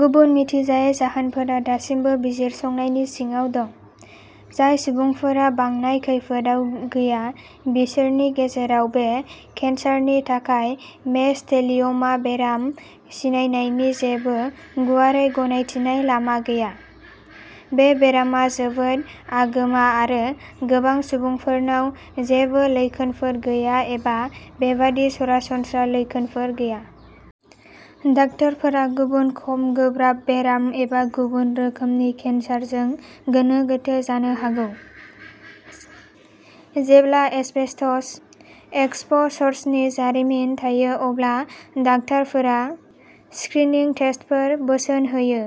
गुबुन मिथिजायै जाहोनफोरा दासिमबो बिजिरसंनायनि सिङाव दं। जाय सुबुंफोरा बांनाय खैफोदआव गैया बिसोरनि गेजेराव बे केन्सारनि थाखाय मेस'थेलिय'मा बेराम सिनायनायनि जेबो गुवारै गनायथिनाय लामा गैया। बे बेरामा जोबोद आगोमा आरो गोबां सुबुंफोरनाव जेबो लैखोनफोर गैया एबा बेबादि सरासनस्रा लैखोनफोर गैया। डाक्टारफोरा गुबुन खम गोब्राब बेराम एबा गुबुन रोखोमनि केन्सारजों गोनो गोथो जानो हागौ। जेब्ला एस्बेस्टस एक्सप'सरसनि जारिमिन थायो अब्ला डक्टरफोरा स्क्रिनिं टेस्टफोर बोसोन होयो।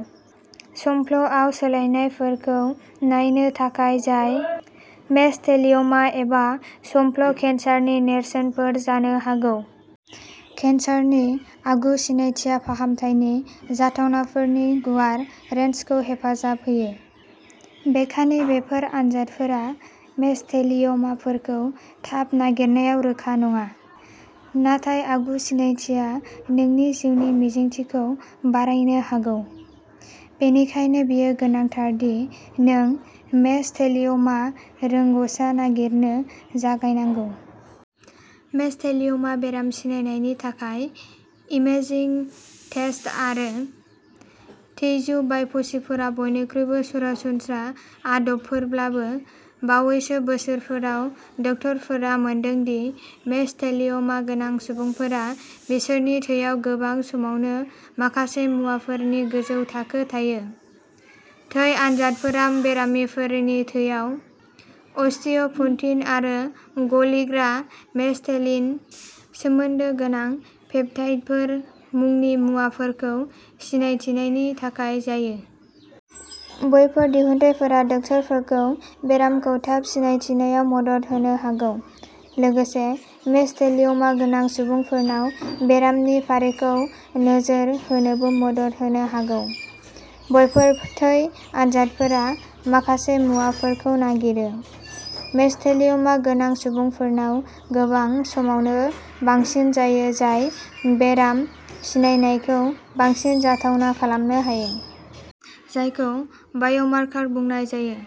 संफ्ल'आव सोलायनायफोरखौ नायनो थाखाय जाय मेस'थेलिय'मा एबा संफ्ल' केन्सारनि नेरसोनफोर जानो हागौ। केनसारनि आगु सिनायथिया फाहामथायनि जाथावनाफोरनि गुवार रेनजखौ हेफाजाब होयो। बेखानि बेफोर आनजादफोरा मेस'थेलिय'माफोरखौ थाब नागिरनायाव रोखा नङा। नाथाय आगु सिनायथिया नोंनि जिउनि मिजिंथिखौ बारायनो हागौ। बेनिखायनो बेयो गोनांथार दि नों मेस'थेलिय'मा रोंग'सा नागिरनो जागायनांगौ। मेस'थेलिय'मा बेराम सिनायनायनि थाखाय इमेजिं टेस्ट आरो टिस्यु बाय'पसीफोरा बयनिख्रुइबो सरासनस्रा आदबफोरब्लाबो, बावैसो बोसोरफोराव डक्टरफोरा मोनदों दि मेस'थेलिय'मा गोनां सुबुंफोरा बिसोरनि थैयाव गोबां समावनो माखासे मुवाफोरनि गोजौ थाखो थायो। थै आनजादफोरा बेरामिफोरनि थैयाव अस्टिय' पन्टिन आरो गलिग्रा मेस'थेलिन सोमोन्दो गोनां पेप्टाइडफोर मुंनि मुवाफोरखौ सिनायथिनायनि थाखाय जायो। बेफोर दिहुनथायफोरा डाक्टारफोरखौ बेरामखौ थाब सिनायथिनायाव मदद होनो हागौ। लोगोसे मेस'थेलिय'मा गोनां सुबुंफोरनाव बेरामनि फारिखौ नोजोर होनोबो मदद होनो हागौ। बेफोर थै आनजादफोरा माखासे मुवाफोरखौ नागिरो। मेस'थेलिय'मा गोनां सुबुंफोरनाव गोबां समावनो बांसिन जायो जाय बेराम सिनायनायखौ बांसिन जाथावना खालामनो हायो। जायखौ बाय'मार्कार बुंनाय जायो।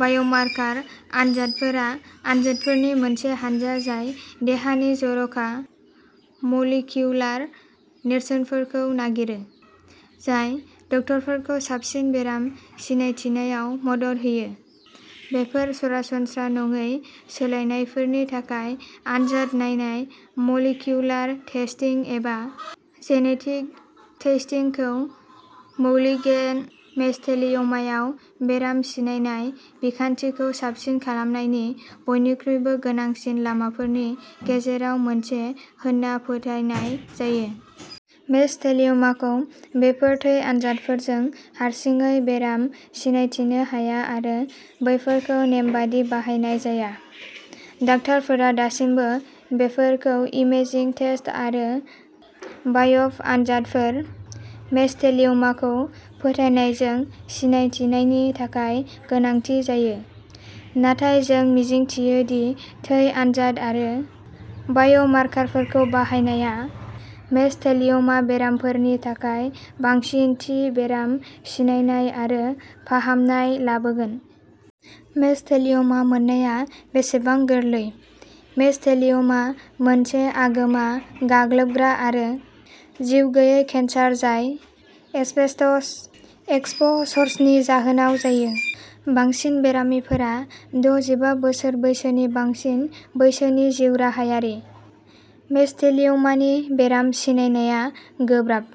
बाय'मार्कार आनजादफोरा आनजादफोरनि मोनसे हानजा जाय देहानि जर'खा मलिकिउलार नेरसोनफोरखौ नागिरो। जाय डाक्टारफोरखौ साबसिन बेराम सिनायथिनायाव मदद होयो। बेफोर सरासनस्रा नङै सोलायनायफोरनि थाखाय आनजाद नायनाय मलिकिउलार टेस्टिं एबा जेनेटिक टेस्टिं खौ मैलिगेन्ट मेस'थेलिय'मायाव बेराम सिनायनाय बिखान्थिखौ साबसिन खालामनायनि बयनिख्रुइबो गोनांसिन लामाफोरनि गेजेराव मोनसे होनना फोथायनाय जायो। मेस'थेलिय'माखौ बेफोर थै आनजादफोरजों हारसिङै बेराम सिनायथिनो हाया आरो बेफोरखौ नेमबादि बाहायनाय जाया। डाक्टारफोरा दासिमबो बेफोरखौ इमेजिं टेस्ट आरो बाय'प आनजादफोर मेस'थेलिय'माखौ फोथायनायजों सिनायथिनायनि थाखाय गोनांथि जायो। नाथाय जों मिजिंथियो दि थै आनजाद आरो बाय'मारकारफोरखौ बाहायनाया मेस'थेलिय'मा बेरामिफोरनि थाखाय बांसिन थि बेराम सिनायनाय आरो फाहामनाय लाबोगोन। मेस'थेलिय'मा मोननाया बेसेबां गोरलै? मेस'थेलिय'मा मोनसे आगोमा गाग्लोबग्रा आरो जिउगैयै केन्सार जाय एसबेस्टस एक्सप'सर्सनि जाहोनाव जायो। बांसिन बेरामिफोरा द’जिबा बोसोर बैसोनि बांसिन बैसोनि जिउ राहायारि। मेस'थेलिय'मानि बेराम सिनायनाया गोब्राब।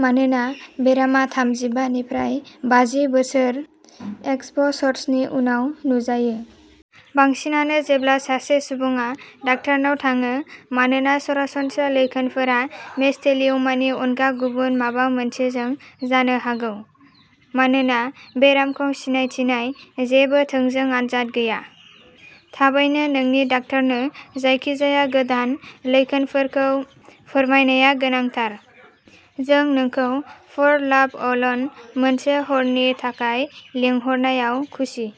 मानोना बेरामा थामजिबा निफ्राय बाजि बोसोर एक्सप'सरसनि उनाव नुजायो। बांसिनानो जेब्ला सासे सुबुङा डाक्टारनाव थाङो मानोना सरासनस्रा लैखोनफोरा मेस'थेलिय'मानि अनगा गुबुन माबा मोनसेजों जानो हागौ। मानोना बेरामखौ सिनायथिनाय जेबो थोंजों आनजाद गैया। थाबैनो नोंनि डक्टरनो जायखिजाया गोदान लैखोनफोरखौ फोरमायनाया गोनांथार। जों नोंखौ फर लाभ अल'न, मोनसे हरनि थाखाय लिंहरनायाव खुसि।